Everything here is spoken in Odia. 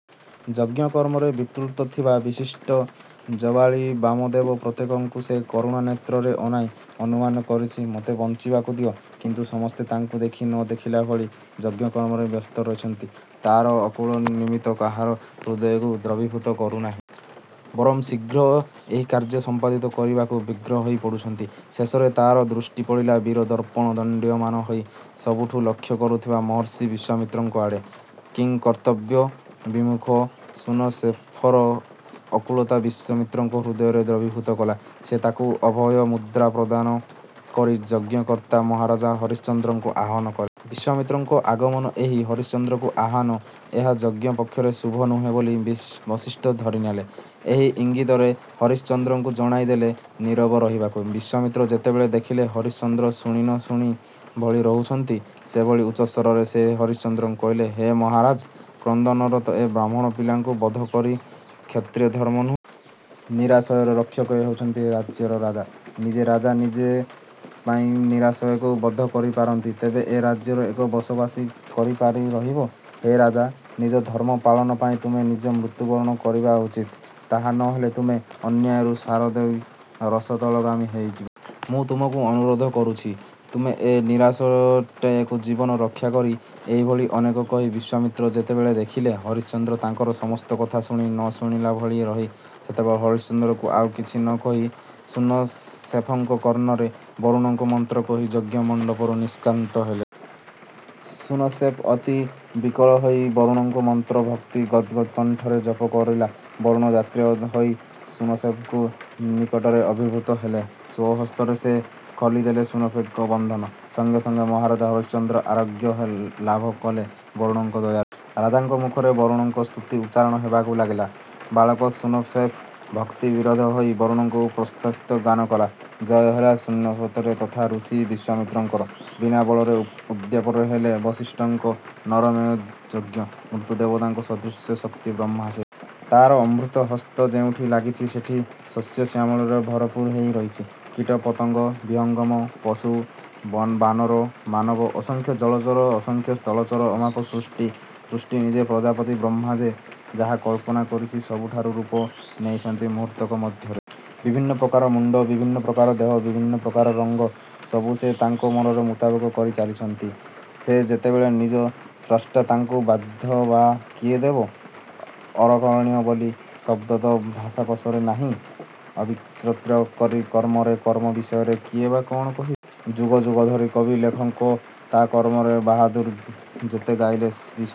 ଯଜ୍ଞକର୍ମରେ ବ୍ୟାପୃତ ଥିବା ବିଶିଷ୍ଠ, ଜାବାଳି, ବାମଦେବ ପ୍ରତ୍ୟେକଙ୍କୁ ସେ କରୁଣ ନେତ୍ରରେ ଅନାଇ ଅନୁନୟ କରୁଚି ମୋତେ ବଞ୍ଚିବାକୁ ଦିଅ। କିନ୍ତୁ ସମସ୍ତେ ତାକୁ ଦେଖି ନ ଦେଖିଲା ଭଳି ଯଜ୍ଞକର୍ମରେ ବ୍ୟସ୍ତ ରହୁଛନ୍ତି। ତାର ଆକୁଳ ମିନତି କାହାରି ହୃଦୟକୁ ଦ୍ରବୀଭୂତ କରୁନାହିଁ। ବରଂ ଶୀଘ୍ର ଏହି କାର୍ଯ୍ୟ ସମ୍ପାଦନ କରିବାକୁ ବ୍ୟଗ୍ର ହୋଇପଡ଼ୁଛନ୍ତି-। ଶେଷରେ ତାର ଦୃଷ୍ଟିପଡ଼ିଲା ବୀର ଦର୍ପରେ ଦଣ୍ଡାୟମାନ ହୋଇ ସବୁକୁ ଲକ୍ଷ୍ୟ କରୁଥିବା ମହର୍ଷି ବିଶ୍ୱାମିତ୍ରଙ୍କ ଆଡ଼େ କିଂ କର୍ତ୍ତବ୍ୟ ବିମୂଢ଼ ଶୂନଶେଫର ଆକୁଳତା ବିଶ୍ୱାମିତ୍ରଙ୍କ ହୃଦୟକୁ ଦ୍ରବୀଭୂତ କଲା। ସେ ତାକୁ ଅଭୟ ମୁଦ୍ରା ପ୍ରଦର୍ଶନ କରି ଯଜ୍ଞକର୍ତ୍ତା ମହାରାଜ ହରିଶ୍ଚନ୍ଦ୍ରଙ୍କୁ ଆହ୍ୱାନ କଲେ-। ବିଶ୍ୱାମିତ୍ରଙ୍କ ଆଗମନ ଏବଂ ହରିଶ୍ଚନ୍ଦ୍ରଙ୍କୁ ଆହ୍ୱାନ, ଏହା ଯଜ୍ଞ ପକ୍ଷରେ ଶୁଭ ନୁହେଁ ବୋଲି ବଶିଷ୍ଠ ଧରିନେଲେ। ସେ ଇଙ୍ଗିତରେ ହରିଶ୍ଚନ୍ଦ୍ରଙ୍କୁ ଜଣାଇ ଦେଲେ ନୀରବ ରହିବାକୁ। ବିଶ୍ୱାମିତ୍ର ଯେତେବେଳେ ଦେଖିଲେ ହରିଶ୍ଚନ୍ଦ୍ର ଶୁଣି ନ ଶୁଣିଲା ଭଳି ରହୁଛନ୍ତି, ସେତେବେଳେ ଉଚ୍ଚ ସ୍ୱରରେ ସେ ହରିଶ୍ଚନ୍ଦ୍ରଙ୍କୁ କହିଲେ, ହେ ମହାରାଜ କ୍ରନ୍ଦନରତ ଏ ବ୍ରାହ୍ମଣ ପିଲାକୁ ବଧ କରିବା କ୍ଷତ୍ରିୟର ଧର୍ମ ନୁହେଁ। ନିରାଶ୍ରୟର ରକ୍ଷକ ହେଉଛନ୍ତି ରାଜ୍ୟର ରାଜା। ନିଜେ ରାଜା ଯଦି ନିଜପାଇଁ ନିରାଶ୍ରୟକୁ ବଧ କରିପାରନ୍ତି ତେବେ ଏ ରାଜ୍ୟରେ କିଏ ବସବାସ କରି ରହିବ? ହେ ରାଜା ନିଜ ଧର୍ମ ପାଳନ ପାଇଁ ତୁମେ ନିଜେ ମୃତ୍ୟୁବରଣ କରିବା ଉଚିତ। ତାହା ନ ହେଲେ ତୁମ ଅନ୍ୟାୟରୁ ସାରାଦେଶ ରସାତଳଗାମୀ ହେବ। ମୁଁ ତୁମକୁ ଅନୁରୋଧ କରୁଛି ତୁମେ ଏ ନିରାଶ୍ରୟଟିର ଜୀବନ ରକ୍ଷା କର। ଏହି ଭଳି ଅନେକ କହି ବିଶ୍ୱାମିତ୍ର ଯେତେବେଳେ ଦେଖିଲେ ହରିଶ୍ଚନ୍ଦ୍ର ତାଙ୍କର ସମସ୍ତ କଥା ଶୁଣି ନ ଶୁଣିଲା ଭଳି ରହିଲେ ସେତେବେଳେ ହରିଶ୍ଚନ୍ଦ୍ରଙ୍କୁ ଆଉ କିଛି ନ କହି ଶୂନଶେଫଙ୍କ କର୍ଣ୍ଣରେ ବରୁଣଙ୍କ ମନ୍ତ୍ର କହି ଯଜ୍ଞ ମଣ୍ଡପରୁ ନିଷ୍କ୍ରାନ୍ତ ହେଲେ। ଶୂନଶେଫ ଅତି ବିକଳ ହୋଇ ବରୁଣଙ୍କ ମନ୍ତ୍ର ଭକ୍ତି ଗଦ୍ ଗଦ୍ କଣ୍ଠରେ ଜପ କଲାରୁ ବରୁଣ ଦୟାର୍ଦ୍ର ହୋଇ ଶୂନଶେଫଙ୍କ ନିକଟରେ ଆବିର୍ଭୂତ ହେଲେ। ସ୍ୱହସ୍ତରେ ସେ ଖୋଲିଦେଲେ ଶୂନଶେଫଙ୍କ ବନ୍ଧନ। ସଙ୍ଗେ ସଙ୍ଗେ ମହାରାଜ ହରିଶ୍ଚନ୍ଦ୍ର ଆରୋଗ୍ୟ ଲାଭ କଲେ ବରୁଣଙ୍କ ଦୟାରୁ-। ରାଜାଙ୍କ ମୁଖରେ ବରୁଣଙ୍କ ସ୍ତୁତି ଉଚ୍ଚାରିତ ହେବାକୁ ଲାଗିଲା। ବାଳକ ଶୂନଶେଫ ଭକ୍ତି ବିଭୋର ହୋଇ ବରୁଣଙ୍କର ପ୍ରଶସ୍ତି ଗାନ କଲେ। ଜୟହେଲା ଶୂନଶେଫର ତଥା ଋଷି ବିଶ୍ୱାମିତ୍ରଙ୍କର। ବିନା ବଳରେ ଉଦ୍ଯାପିତ ହେଲା ବଶିଷ୍ଠଙ୍କ ନରମେଧ ଯଜ୍ଞ। ମୃତ୍ୟୁ ଦେବତା ସୃଜନୀ ଶକ୍ତି ବ୍ରହ୍ମା ସେ। ତା'ର ଅମୃତ ହସ୍ତ ଯେଉଁଠି ଲାଗୁଛି ସେଠି ଶସ୍ୟ ସୁଶ୍ୟାମଳରେ ଭରପୁର ହୋଇ ଉଠୁଛି। କୀଟ, ପତଙ୍ଗ, ବିହଙ୍ଗମ, ପଶୁ, ବାନର, ମାନବ, ଅସଂଖ୍ୟ ଜଳଚର, ଅସଂଖ୍ୟ ସ୍ଥଳଚର ଅମାପ ସୃଷ୍ଟି। ସ୍ରଷ୍ଟାନିଜେ ପ୍ରଜାପତି ବ୍ରହ୍ମା। ସେ ଯାହା କଳ୍ପନା କରୁଛି ସବୁ ରୂପ ନେଉଛନ୍ତି ମୁହୂର୍ତ୍ତକ ମଧ୍ୟରେ। ବିଭିନ୍ନ ପ୍ରକାର ମୁଣ୍ଡ, ବିଭିନ୍ନ ପ୍ରକାର ଦେହ, ବିଭିନ୍ନ ପ୍ରକାର ରଙ୍ଗ—ସବୁ ସେ ତା' ମନ ମୁତାବକ କରି ଚାଲିଛି। ସେ ଯେତେବେଳେ ନିଜେ ସ୍ରଷ୍ଟା ତାକୁ ବାଧା ବା କିଏ ଦେବ? ଅକରଣୀୟ ବୋଲି ଶବ୍ଦ ତା' ଭାଷାକୋଷରେ ନାହିଁ। ବିଚିତ୍ରକର୍ମାର କର୍ମ ବିଷୟରେ କିଏ ବା କ'ଣ କହିବ। ଯୁଗ ଯୁଗ ଧରି କବି, ଲେଖକ ତା କର୍ମର ବାହାଦୂରୀ ଯେତେ ଗାଇଲେ ବି ସରୁ